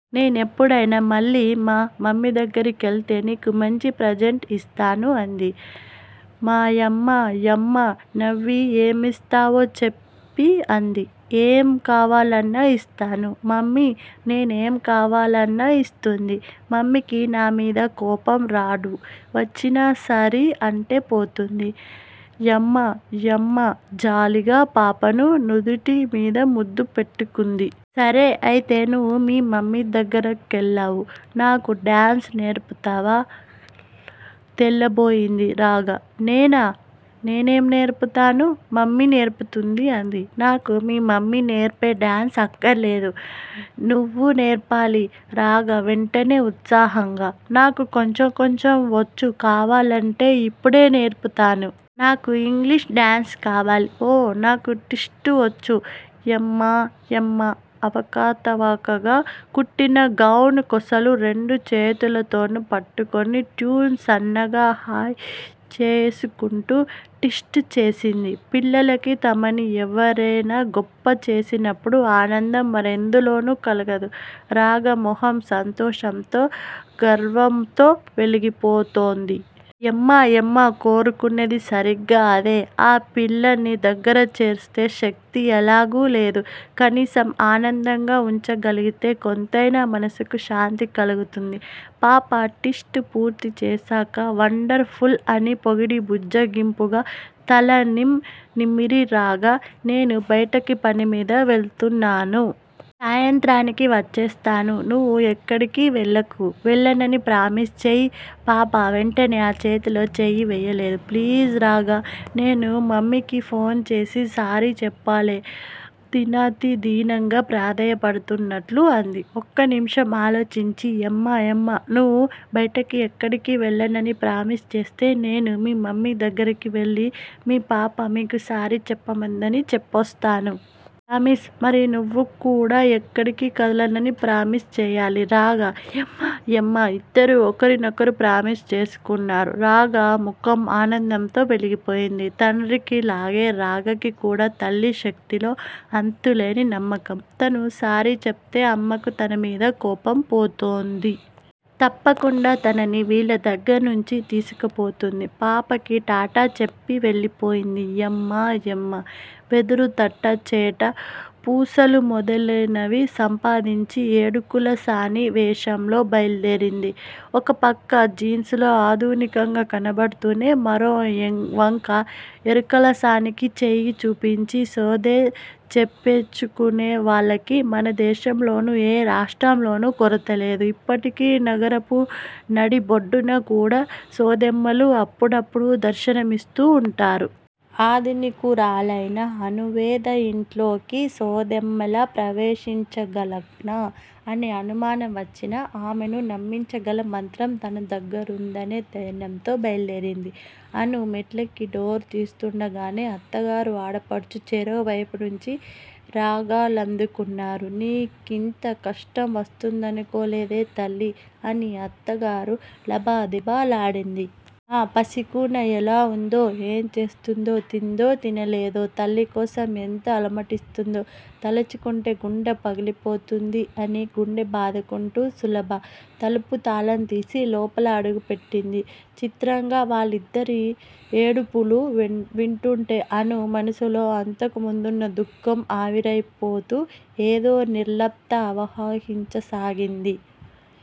నేనెప్పుడైనా మళ్ళీ మా మమ్మీ దగ్గర కెళ్తే నీకు మంచి ప్రజెంట్ ఇస్తాను, అంది. యమ్మాయమ్మ నవ్వి ఏమిస్తావో చెప్పి అంది. ఏం కావాలన్నా యిస్తాను. మమ్మీ నేనేం కావాలన్నా యిస్తుంది. మమ్మికి నామీద కోపం రాడు. వచ్చినా సారీ అంటే పోతుంది యమ్మాయమ్మ జాలిగా పాపను నుదుటి మీద ముద్దు పెట్టుకుంది. సరే అయితే నువు మీ మమ్మీ దగ్గర కెళ్ళావు నాకు డాన్సు నేర్పుతావా? తెల్లబోయింది రాగ. నేనా? నేనేం నేర్పుతాను. మమ్మీ నేర్పుతుంది. అంది. నాకు మీ మమ్మీ నేర్పే డాన్సు అక్కరలేదు. నువ్వు నేర్పాలి రాగ వెంటనే ఉత్సాహంగా. నాకు కొంచెం కొంచెం వొచ్చు కావాలంటే ఇప్పుడే నేర్పుతాను. నాకు ఇంగ్లీషు డాన్సు కావాలి. ఓ! నాకు టిస్ట్ ఒచ్చు యమ్మాయమ్మ అవకతవకగా కుట్టిన గౌను కొసలు రెండు చేతులతోనూ పట్టుకుని ట్యూన్ సన్నగా హమ్ చేసుకుంటూ టిస్ట్ చేసింది. పిల్లలకి తమని ఎవరేనా గొప్ప చేసినపుడు అనందం మరెందులోనూ కలగదు. రాగ మొహం సంతోషంతో, గర్వమ్తో వెలిగిపోతోంది. యమ్మాయమ్మ కోరుకున్నది సరిగ్గా అదే ఆ పిల్లని దగ్గర చేర్చే శక్తి ఎలాగూ లేదు. కనీసం ఆనందంగా వుంచగలిగితే కొంతైనా మనసుకి శాంతి కలుగుతుంది. పాప టిస్ట్ పూర్తీ చేశాక వండర్ ఫుల్ అని పొగిడి బుజ్జగింపుగా తల నిమ్, నిమిరి, రాగా! నేను బయటికి పని మీద వెళ్తున్నాను. సాయంత్రానికి వచ్చేస్తాను. నువు ఎక్కడికి వేళ్ళకు. వెళ్ళనని ప్రామిస్ చెయ్యి. పాప వెంటనే ఆ చేతిలో చెయ్యి వెయ్యలేదు. ప్లీజ్ రాగా! నేను మమ్మికి ఫోన్ చేసి సారీ చెప్పాలి దినాతిదీనంగా ప్రాధేయపడుతున్నట్లు అంది. ఒక్క నిమిషం ఆలోచించింది యమ్మాయమ్మ. నువు బయటికి ఎక్కడికి వెళ్ళనని ప్రామిస్ చేస్తే నేనే మీ మమ్మీ దగ్గరికి వెళ్ళి మీ పాప మీకు సారీ చెప్పమంది అని చెప్పోస్తాను. ప్రామిస్? మరి నువు కూడా ఎక్కడికి కదలనని ప్రామిస్ చెయ్యాలి. రాగ యమ్మాయమ్మ యిద్దరూ ఒకరినొకరు ప్రామిస్ చేసుకున్నారు రాగ ముఖం ఆనందంతో వెలిగిపోయింది. తండ్రికి లాగే రాగకి కూడా తల్లి శక్తిలో అంతులేని నమ్మకం. తను సారీ చెప్తే అమ్మకి తనమీద కోపం పోతుంది. తప్పకుండా తనని వీళ్ళ దగ్గర్నుంచి తీసుకుపోతుంది. పాపకి టాటా చెప్పి వెళ్ళిపోయింది యమ్మాయమ్మ. వెదురు తట్ట, చేట, పూసలు మొదలినవి సంపాదించి ఎడుకులసాని వేషంలో బయల్దేరింది. ఒకపక్క జీన్సులో ఆధునికంగా కనపడుతూనే మరో వంక ఎరుకులసానికి చెయ్యి చూపించి సోదె చెప్పించుకునే వాళ్ళకి మనదేశంలోను, ఏ రాష్ట్రంలోను కొరత లేదు ఇప్పటికి నగరపు నడిబొడ్డున కూడా సోదెమ్మలు అప్పుడప్పుడు దర్శనమిస్తూ వుంటారు. ఆధునికురాలైన అణువేద యింట్లోకి సోదేమ్మలా ప్రవేశించగలనా అనే అనుమానం వచ్చినా ఆమెను నమ్మించగల మంత్రం తన దగ్గిరుందనే ధైర్యంతో బయల్దేరింది. అణు మెట్లెక్కి డోర్ తీస్తుండగానే అత్తగారూ, ఆడపడుచు చెరో వైపు నుంచి రాగాలందుకున్నారు. నీకింత కష్టం వస్తుందనుకోలేదే తల్లి! అని అత్తగారు లబదిబ లాడింది. ఆ పసికూన ఎలా వుందో? ఏం చేస్తోందో? తిందో తినలేదో? తల్లికోసం ఎంత అలమటిస్తుందో? తలచుకుంటే గుండె పగిలిపోతోంది అని గుండె బాదుకుంది సులభ. తలుపు తాళం తీసి లోపల అడుగు పెట్టింది. చిత్రంగా వాళ్ళిద్దరూ ఏడుపులు వింటుంటే అణు మనసులో అంతకుముందున్న దుఖం ఆవిరైపోతూ ఏదో నిర్లిప్త ఆవహించసాగింది.